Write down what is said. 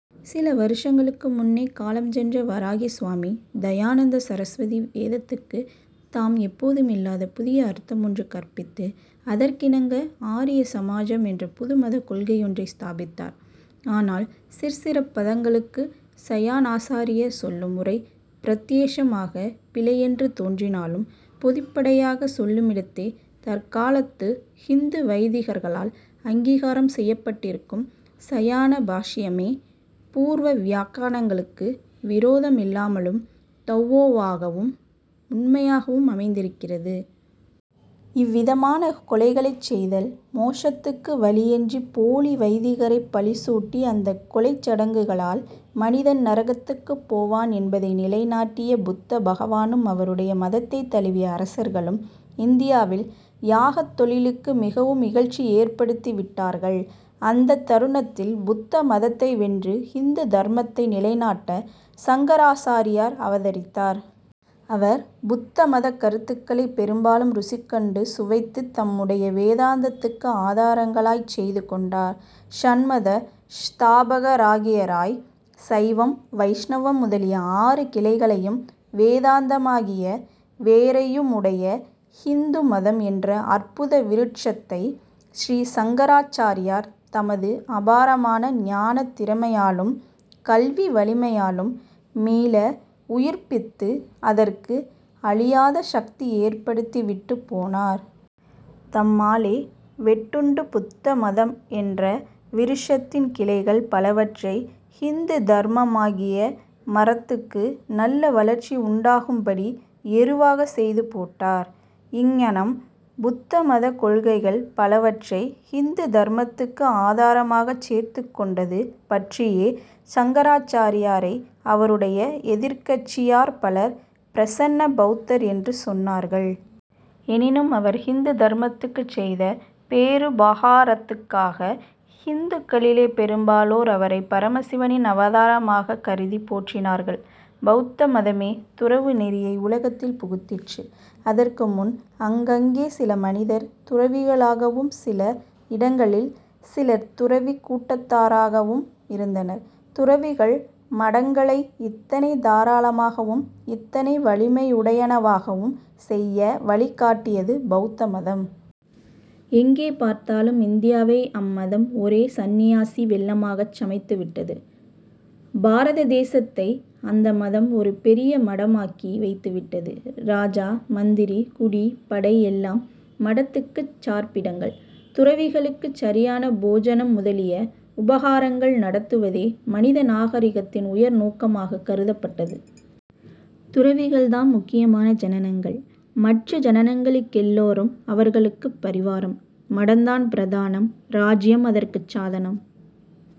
சில வருஷங்களுக்கு முன்னே காலஞ்சென்ற வராகிய சுவாமி தயாநந்த சரஸ்வதிவேதத்துக்கு தாம் எப்போதுமில்லாத புதிய அர்த்தமொன்று கற்பித்து அதற்கிணங்க ஆரிய சாமஜம்' என்ற புது மதக் கொள்கையொன்று ஸ்தாபித்தார். ஆனால், சிற்சில பதங்களுக்கு சாயணாசாரியர் சொல்லும் உரை பிரத்தியக்ஷமாகப் பிழையென்று தோன்றினும், பொதுப்படையாகச் சொல்லுமிடத்தே தற்காலத்து ஹிந்து வைதிகர்களால் அங்கீகாரம் செய்யப்பட்டிருக்கும் சாயணபாஷ்யமே பூர்வ வியாக்கியானங்களுக்கு விரோதமில்லாமலும், தௌஒவாகவும், உண்மையாகவும் அமைந்திருக்கிறது. இவ்விதமான கொலைகளைச் செய்தல் மோக்ஷத்துக்கு வழியென்ற போலி வைதிகரைப் பழிசூட்டி, அந்தக் கொலைச் சடங்குளால் மனிதன் நரகத்துக்குப் போவான் என்பதை நிலை நாட்டிய புத்த பகவானும், அவருடைய மதத்தைத் தழுவிய அரசர்களும் இந்தியாவில் யாகத் தொழிலுக்கு மிகவும் இகழ்ச்சி ஏற்படுத்திவிட்டார்கள். அந்தத் தருணத்தில் புத்த மதத்தை வென்று ஹிந்து தர்மத்தை நிலை நாட்ட சங்கராசாரியர் அவதரித்தார். அவர் புத்தமதக் கருத்துக்களைப் பெரும்பாலும் ருசி கண்டு சுவைத்துத் தம்முடைய வேதாந்தத்துக்கு ஆதாரங்களாகச் செய்து கொண்டார். ஷண்மத ஸ்தாபகராகியராய், சைவம், வைஷ்ணவம் முதலிய ஆறு கிளைகளையும் வேதாந்தமாகிய வேரையும்முடைய ஹிந்து மதம் என்ற அற்புத விருட்சத்தை ஸ்ரீ சங்கராச்சாரியார் தமது அபாரமான ஞானத் திறமையாலும் கல்வி வலிமையினாலும் மீள உயிர்ப்பித்து அதற்கு அழியாத சக்தி ஏற்படுத்தி விட்டுப் போனார். தம்மாலே வெட்டுண்ட புத்த மதம் என்ற விருக்ஷத்தின் கிளைகள் பலவற்றை ஹிந்து தர்மமாகிய மரத்துக்கு நல்ல வளர்ச்சி உண்டாகும்படி எருவாகச் செய்து போட்டார். இங்ஙனம் புத்த மதக் கொள்கைகள் பலவற்றை ஹிந்து தர்மத்துக்கு ஆதரமாகச் சேர்த்துக்கொண்டது பற்றியே, சங்கராச்சாரியாரை அவருடைய எதிர்க்கட்சியார் பலர் 'பிரசன்ன பௌத்தர்' என்று சொன்னார்கள். எனினும் அவர் ஹிந்து தர்மத்துக்குச் செய்த பேருபகாரத்துக்காக ஹிந்துக்களிலே பெரும்பாலோர் அவரைப் பரமசிவனின் அவதாரமாகக் கருதிப் போற்றினார்கள். பௌத்த மதமே துறவு நெறியை உலகத்தில் புகுத்திற்று. அதற்கு முன் அங்கங்கே சில மனிதர் துறவிகளாகவும் சில இடங்களில் சிலர் துறவிக் கூட்டத்தவராகவும் இருந்தனர். துறவிகள் மடங்களை இத்தனை தாராளமாகவும் இத்தனை வலிமையுடையனவாகவும் செய்ய வழி காட்டியது பௌத்த மதம். எங்கே பார்த்தாலும் இந்தியாவை அம்மதம் ஒரே சந்நியாசி வெள்ளமாகச் சமைத்துவிட்டது. பாரத தேசத்தை அந்த மதம் ஒரு பெரிய மடமாக்கி வைத்துவிட்டது. ராஜா, மந்திரி, குடி, படை எல்லாம் மடத்துக்குச் சார்பிடங்கள். துறவிகளுக்குச் சரியான போஜனம் முதலிய உபகாரங்கள் நடத்துவதே மனித நாகரிகத்தின் உயர் நோக்கமாக கருதப்பட்டது. துறவிகள் தாம் முக்கியமான ஜனங்கள்! மற்ற ஜனங்களெல்லாரும் அவர்களுக்குப் பரிவாரம்! மடந்தான் பிரதானம். ராஜ்யம் அதற்குச் சாதனம்.